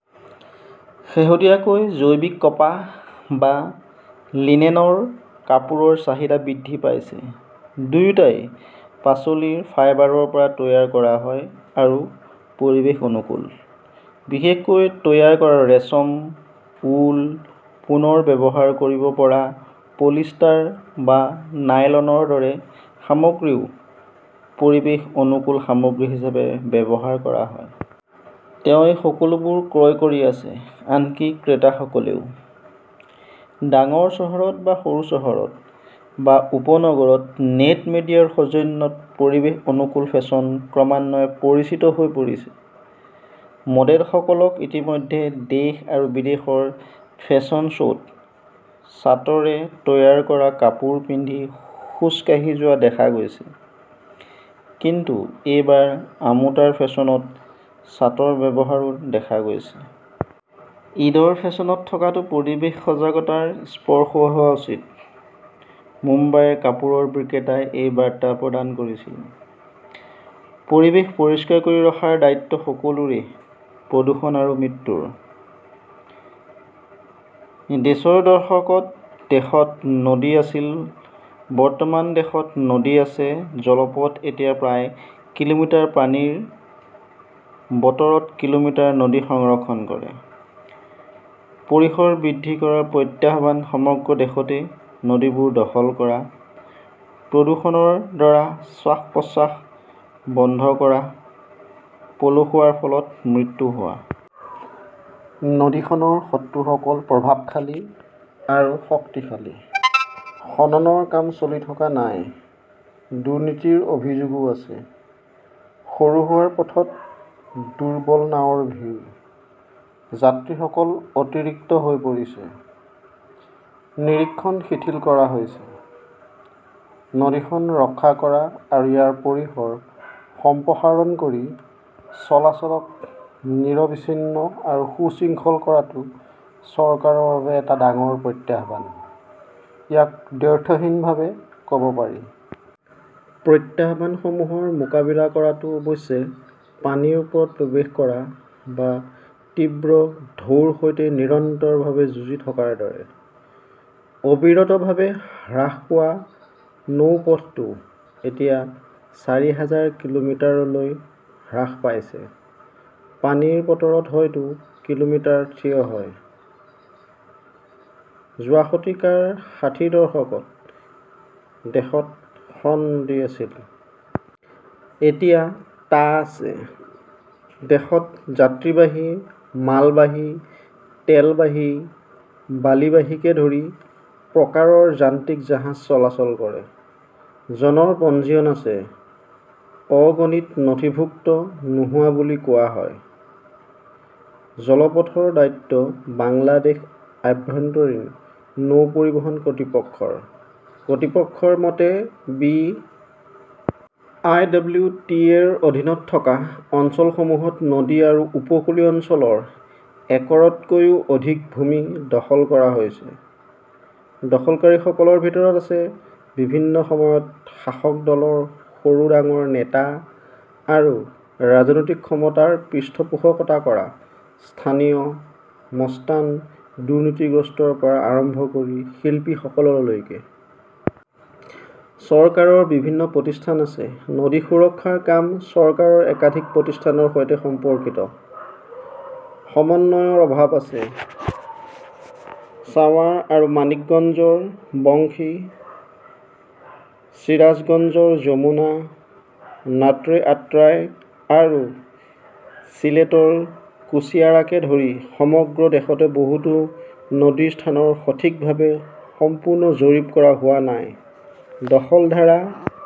শেহতীয়াকৈ জৈৱিক কপাহ বা লিনেনৰ কাপোৰৰ চাহিদা বৃদ্ধি পাইছে। দুয়োটাই পাচলিৰ ফাইবাৰৰ পৰা তৈয়াৰ কৰা হয় আৰু পৰিৱেশ অনুকূল। বিশেষকৈ তৈয়াৰ কৰা ৰেচম, উল, পুনৰ ব্যৱহাৰ কৰিব পৰা পলিষ্টাৰ বা নাইলনৰ দৰে সামগ্ৰীও পৰিৱেশ অনুকূল সামগ্ৰী হিচাপে ব্যৱহাৰ কৰা হয়। তেওঁ এই সকলোবোৰ ক্ৰয় কৰি আছে, আনকি ক্ৰেতাসকলেও। ডাঙৰ চহৰত বা সৰু চহৰত বা উপনগৰত নেট মিডিয়াৰ সৌজন্যত পৰিৱেশ-অনুকূল ফেশ্বন ক্ৰমান্বয়ে পৰিচিত হৈ পৰিছে। মডেলসকলক ইতিমধ্যে দেশ আৰু বিদেশৰ ফেশ্বন শ্ব 'ত চাটৰে তৈয়াৰ কৰা কাপোৰ পিন্ধি খোজ কাঢ়ি যোৱা দেখা গৈছে, কিন্তু এইবাৰ আমোটাৰ ফেশ্বনত চাটৰ ব্যৱহাৰো দেখা গৈছে। ঈদৰ ফেশ্বনত থকাটো পৰিৱেশ সজাগতাৰ স্পৰ্শ হোৱা উচিত-মুম্বাইৰ কাপোৰৰ বিক্ৰেতাই এই বাৰ্তা প্ৰদান কৰিছিল। পৰিৱেশ পৰিষ্কাৰ কৰি ৰখাৰ দায়িত্ব সকলোৰে প্ৰদূষণ আৰু মৃত্যুৰ। -ৰ দশকত দেশত নদী আছিল বৰ্তমান দেশত নদী আছে জলপথ এতিয়া প্ৰায় কিলোমিটাৰ পানীৰ বতৰত কিলোমিটাৰ নদী সংৰক্ষণ কৰে, পৰিসৰ বৃদ্ধি কৰাৰ প্ৰত্যাহ্বান সমগ্ৰ দেশতে নদীবোৰ দখল কৰা, প্ৰদূষণৰ দ্বাৰা শ্বাস-প্ৰশ্বাস বন্ধ কৰা, পলসুৱাৰ ফলত মৃত্যু হোৱা। নদীখনৰ শত্ৰুসকল প্ৰভাৱশালী আৰু শক্তিশালী। খননৰ কাম চলি থকা নাই, দুৰ্নীতিৰ অভিযোগও আছে। সৰু হোৱাৰ পথত দুৰ্বল নাওৰ ভিৰ। যাত্ৰীসকল অতিৰিক্ত হৈ পৰিছে। নিৰীক্ষণ শিথিল কৰা হৈছে। নদীখন ৰক্ষা কৰা আৰু ইয়াৰ পৰিসৰ সম্প্ৰসাৰণ কৰি চলাচলক নিৰবিচ্ছিন্ন আৰু সুশৃঙ্খল কৰাটো চৰকাৰৰ বাবে এক ডাঙৰ প্ৰত্যাহ্বান-ইয়াক দ্ব্যৰ্থহীনভাৱে ক "ব পাৰি। প্ৰত্যাহ্বানসমূহৰ মোকাবিলা কৰাটো অৱশ্যে পানীৰ ওপৰত প্ৰৱেশ কৰা বা তীব্ৰ ঢৌৰ সৈতে নিৰন্তৰভাৱে যুঁজি থকাৰ দৰে। অবিৰতভাৱে হ্ৰাস পোৱা নৌপথটো এতিয়া চাৰি হাজাৰ কিলোমিটাৰলৈ হ্ৰাস পাইছে। পানীৰ বতৰত হয়তো, কিলোমিটাৰ থিয় হয়। যোৱা শতিকাৰ ষাঠিৰ দশকত দেশত খন নদী আছিল। এতিয়া টা আছে। দেশত যাত্ৰীবাহী, মালবাহী, তেলবাহী, বালিবাহীকে ধৰি প্ৰকাৰৰ যান্ত্ৰিক জাহাজ চলাচল কৰে।, জনৰ পঞ্জীয়ন আছে। অগণিত নথিভুক্ত নোহোৱা বুলি কোৱা হয়। জলপথৰ দায়িত্ব বাংলাদেশ আভ্যন্তৰীণ নৌ পৰিবহণ কৰ্তৃপক্ষৰ। কৰ্তৃপক্ষৰ মতে, B. I. W. T. A. -ৰ অধীনত থকা অঞ্চলসমূহত নদী আৰু উপকূলীয় অঞ্চলৰ একৰতকৈও অধিক ভূমি দখল কৰা হৈছে। দখলকাৰীসকলৰ ভিতৰত আছে বিভিন্ন সময়ত শাসক দলৰ সৰু ডাঙৰ নেতা আৰু ৰাজনৈতিক ক্ষমতাৰ পৃষ্ঠপোষকতা কৰা স্থানীয় মাস্তান-দুৰ্নীতিগ্ৰস্তৰ পৰা আৰম্ভ কৰি শিল্পীসকললৈকে। চৰকাৰৰ বিভিন্ন প্ৰতিষ্ঠান আছে। নদী সুৰক্ষাৰ কাম চৰকাৰৰ একাধিক প্ৰতিষ্ঠানৰ সৈতে সম্পৰ্কিত। সমন্বয়ৰ অভাৱ আছে। সাৱাৰ আৰু মানিকগঞ্জৰ বংশী, চিৰাজগঞ্জৰ যমুনা, নাটৰে আট্ৰাই আৰু চিলেটৰ কুশিয়াৰাকে ধৰি সমগ্ৰ দেশতে বহুতো নদীৰ স্থানৰ সঠিকভাৱে সম্পূৰ্ণ জৰীপ কৰা হোৱা নাই। দখলধাৰা